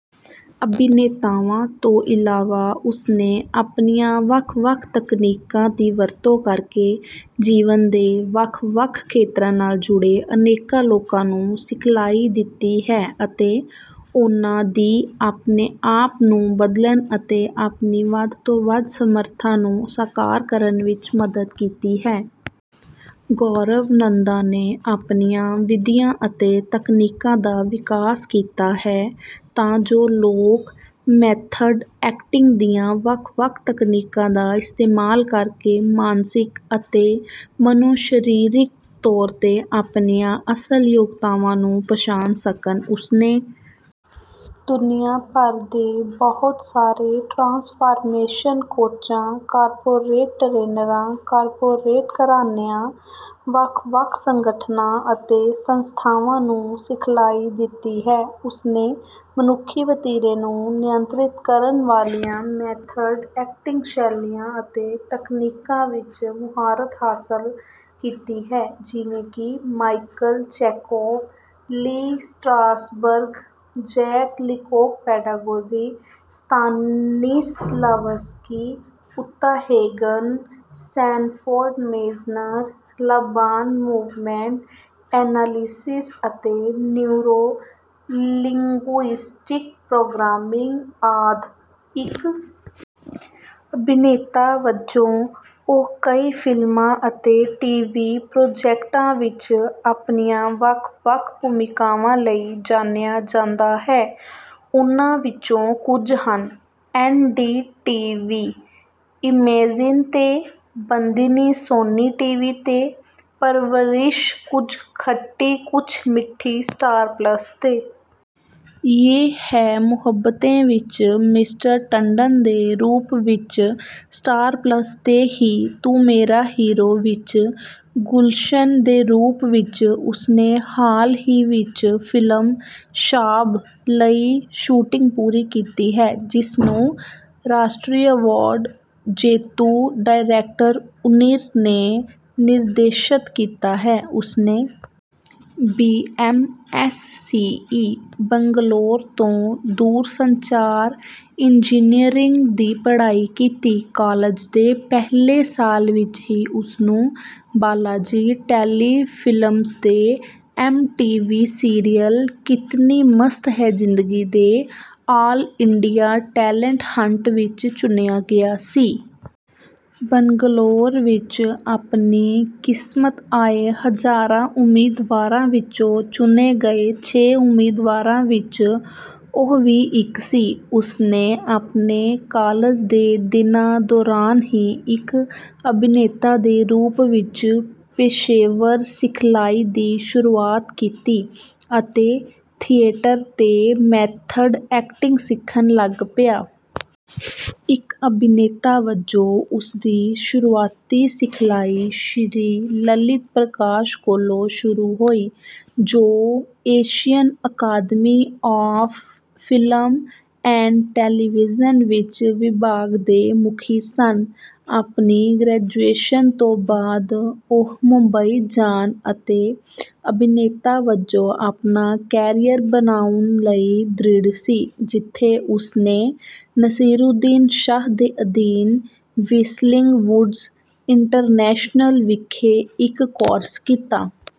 ਅਭਿਨੇਤਾਵਾਂ ਤੋਂ ਇਲਾਵਾ, ਉਸਨੇ ਆਪਣੀਆਂ ਵੱਖ-ਵੱਖ ਤਕਨੀਕਾਂ ਦੀ ਵਰਤੋਂ ਕਰਕੇ ਜੀਵਨ ਦੇ ਵੱਖ-ਵੱਖ ਖੇਤਰਾਂ ਨਾਲ ਜੁੜੇ ਅਨੇਕਾਂ ਲੋਕਾਂ ਨੂੰ ਸਿਖਲਾਈ ਦਿੱਤੀ ਹੈ ਅਤੇ ਉਨ੍ਹਾਂ ਦੀ ਆਪਣੇ ਆਪ ਨੂੰ ਬਦਲਣ ਅਤੇ ਆਪਣੀ ਵੱਧ ਤੋਂ ਵੱਧ ਸਮਰੱਥਾ ਨੂੰ ਸਾਕਾਰ ਕਰਨ ਵਿੱਚ ਮਦਦ ਕੀਤੀ ਹੈ। ਗੌਰਵ ਨੰਦਾ ਨੇ ਆਪਣੀਆਂ ਵਿਧੀਆਂ ਅਤੇ ਤਕਨੀਕਾਂ ਦਾ ਵਿਕਾਸ ਕੀਤਾ ਹੈ ਤਾਂ ਜੋ ਲੋਕ ਮੈਥਡ ਐਕਟਿੰਗ ਦੀਆਂ ਵੱਖ-ਵੱਖ ਤਕਨੀਕਾਂ ਦਾ ਇਸਤੇਮਾਲ ਕਰਕੇ ਮਾਨਸਿਕ ਅਤੇ ਮਨੋਸ਼ਰੀਰਿਕ ਤੌਰ ਤੇ ਆਪਣੀਆਂ ਅਸਲ ਯੋਗਤਾਵਾਂ ਨੂੰ ਪਛਾਣ ਸਕਣ। ਉਸਨੇ ਦੁਨੀਆ ਭਰ ਦੇ ਬਹੁਤ ਸਾਰੇ ਟਰਾਂਸਫਾਰਮੇਸ਼ਨ ਕੋਚਾਂ, ਕਾਰਪੋਰੇਟ ਟਰੇਨਰਾਂ, ਕਾਰਪੋਰੇਟ ਘਰਾਣਿਆਂ, ਵੱਖ-ਵੱਖ ਸੰਗਠਨਾਂ ਅਤੇ ਸੰਸਥਾਵਾਂ ਨੂੰ ਸਿਖਲਾਈ ਦਿੱਤੀ ਹੈ। ਉਸਨੇ ਮਨੁੱਖੀ ਵਤੀਰੇ ਨੂੰ ਨਿਯੰਤ੍ਰਿਤ ਕਰਨ ਵਾਲੀਆਂ ਮੈਥਡ ਐਕਟਿੰਗ ਸ਼ੈਲੀਆਂ ਅਤੇ ਤਕਨੀਕਾਂ ਵਿੱਚ ਮੁਹਾਰਤ ਹਾਸਲ ਕੀਤੀ ਹੈ; ਜਿਵੇਂ ਕਿ Michael Chekhov, Lee Strasberg, Jacques Lecoq pedagogy, Stanislavski, Uta Hagen, Sanford Meisner, Laban movement analysis ਅਤੇ ਨਿਊਰੋ-ਲਿੰਗੂਇਸਟਿਕ ਪ੍ਰੋਗਰਾਮਿੰਗ ਆਦਿ। ਇੱਕ ਅਭਿਨੇਤਾ ਵਜੋਂ ਉਹ ਕਈ ਫਿਲਮਾਂ ਅਤੇ ਟੀਵੀ ਪ੍ਰੋਜੈਕਟਾਂ ਵਿੱਚ ਆਪਣੀਆਂ ਵੱਖ-ਵੱਖ ਭੂਮਿਕਾਵਾਂ ਲਈ ਜਾਣਿਆ ਜਾਂਦਾ ਹੈ, ਉਨ੍ਹਾਂ ਵਿੱਚੋਂ ਕੁੱਝ ਹਨ:ਐਨ.ਡੀ.ਟੀ.ਵੀ ਇਮੇਜਿਨ ਤੇ ਬੰਦਿਨੀ ਸੋਨੀ ਟੀਵੀ ਤੇ ਪਰਵਰਿਸ਼ ਕੁੱਛ ਖੱਟੀ ਕੁੱਛ ਮਿੱਠੀ ਸਟਾਰ ਪਲੱਸ ਤੇ 'ਯੇਹ ਹੈ ਮੁਹੱਬਤੇਂ' ਵਿੱਚ 'ਮਿਸਟਰ ਟੰਡਨ' ਦੇ ਰੂਪ ਵਿੱਚਸਟਾਰ ਪਲੱਸ ਤੇ ਹੀ ਤੂ ਮੇਰਾ ਹੀਰੋ' ਵਿੱਚ 'ਗੁਲਸ਼ਨ' ਦੇ ਰੂਪ ਵਿੱਚਉਸਨੇ ਹਾਲ ਹੀ ਵਿੱਚ ਫਿਲਮ 'ਸ਼ਾਬ' ਲਈ ਸ਼ੂਟਿੰਗ ਪੂਰੀ ਕੀਤੀ ਹੈ, ਜਿਸ ਨੂੰ ਰਾਸ਼ਟਰੀ ਅਵਾਰਡ ਜੇਤੂ ਡਾਇਰੈਕਟਰ ਓਨਿਰ ਨੇ ਨਿਰਦੇਸ਼ਤ ਕੀਤਾ ਹੈ। ਉਸਨੇ ਬੀ.ਐਮ.ਐਸ.ਸੀ.ਈ ਬੰਗਲੌਰ ਤੋਂ ਦੂਰਸੰਚਾਰ ਇੰਜੀਨੀਅਰਿੰਗ ਦੀ ਪੜ੍ਹਾਈ ਕੀਤੀ। ਕਾਲਜ ਦੇ ਪਹਿਲੇ ਸਾਲ ਵਿੱਚ ਹੀ ਉਸਨੂੰ ਬਾਲਾਜੀ ਟੈਲੀਫਿਲਮਜ਼ ਦੇ ਐੱਮ.ਟੀ.ਵੀ. ਸੀਰੀਅਲ 'ਕਿਤਨੀ ਮਸਤ ਹੈ ਜ਼ਿੰਦਗੀ' ਦੇ 'ਆਲ ਇੰਡੀਆ ਟੈਲੇਂਟ ਹੰਟ' ਵਿੱਚ ਚੁਣਿਆ ਗਿਆ ਸੀ। ਬੰਗਲੌਰ ਵਿੱਚ ਆਪਣੀ ਕਿਸਮਤਆਏ ਹਜ਼ਾਰਾਂ ਉਮੀਦਵਾਰਾਂ ਵਿੱਚੋਂ ਚੁਣੇ ਗਏ ਛੇ ਉਮੀਦਵਾਰਾਂ ਵਿੱਚ ਉਹ ਵੀ ਇੱਕ ਸੀ। ਉਸਨੇ ਆਪਣੇ ਕਾਲਜ ਦੇ ਦਿਨਾਂ ਦੌਰਾਨ ਹੀ ਇੱਕ ਅਭਿਨੇਤਾ ਦੇ ਰੂਪ ਵਿੱਚ ਪੇਸ਼ੇਵਰ ਸਿਖਲਾਈ ਦੀ ਸ਼ੁਰੂਆਤ ਕੀਤੀ ਅਤੇ ਥੀਏਟਰ 'ਤੇ ਮੈਥਡ ਐਕਟਿੰਗ ਸਿੱਖਣ ਲੱਗ ਪਿਆ। ਇੱਕ ਅਭਿਨੇਤਾ ਵਜੋਂ ਉਸਦੀ ਸ਼ੁਰੂਆਤੀ ਸਿਖਲਾਈ ਸ਼੍ਰੀ ਲਲਿਤ ਪ੍ਰਕਾਸ਼ ਕੋਲੋਂ ਸ਼ੁਰੂ ਹੋਈ, ਜੋ Asian academy of film and television ਵਿੱਚ ਵਿਭਾਗ ਦੇ ਮੁਖੀ ਸਨ। ਆਪਣੀ ਗ੍ਰੈਜੂਏਸ਼ਨ ਤੋਂ ਬਾਅਦ, ਉਹ ਮੁੰਬਈ ਜਾਣ ਅਤੇ ਅਭਿਨੇਤਾ ਵਜੋਂ ਆਪਣਾ ਕੈਰੀਅਰ ਬਣਾਉਣ ਲਈ ਦ੍ਰਿੜ ਸੀ, ਜਿੱਥੇ ਉਸਨੇ ਨਸੀਰੂਦੀਨ ਸ਼ਾਹ ਦੇ ਅਧੀਨ 'ਵਿਸਲਿੰਗ ਵੁਡਸ ਇੰਟਰਨੈਸ਼ਨਲ' ਵਿਖੇ ਇੱਕ ਕੋਰਸ ਕੀਤਾ।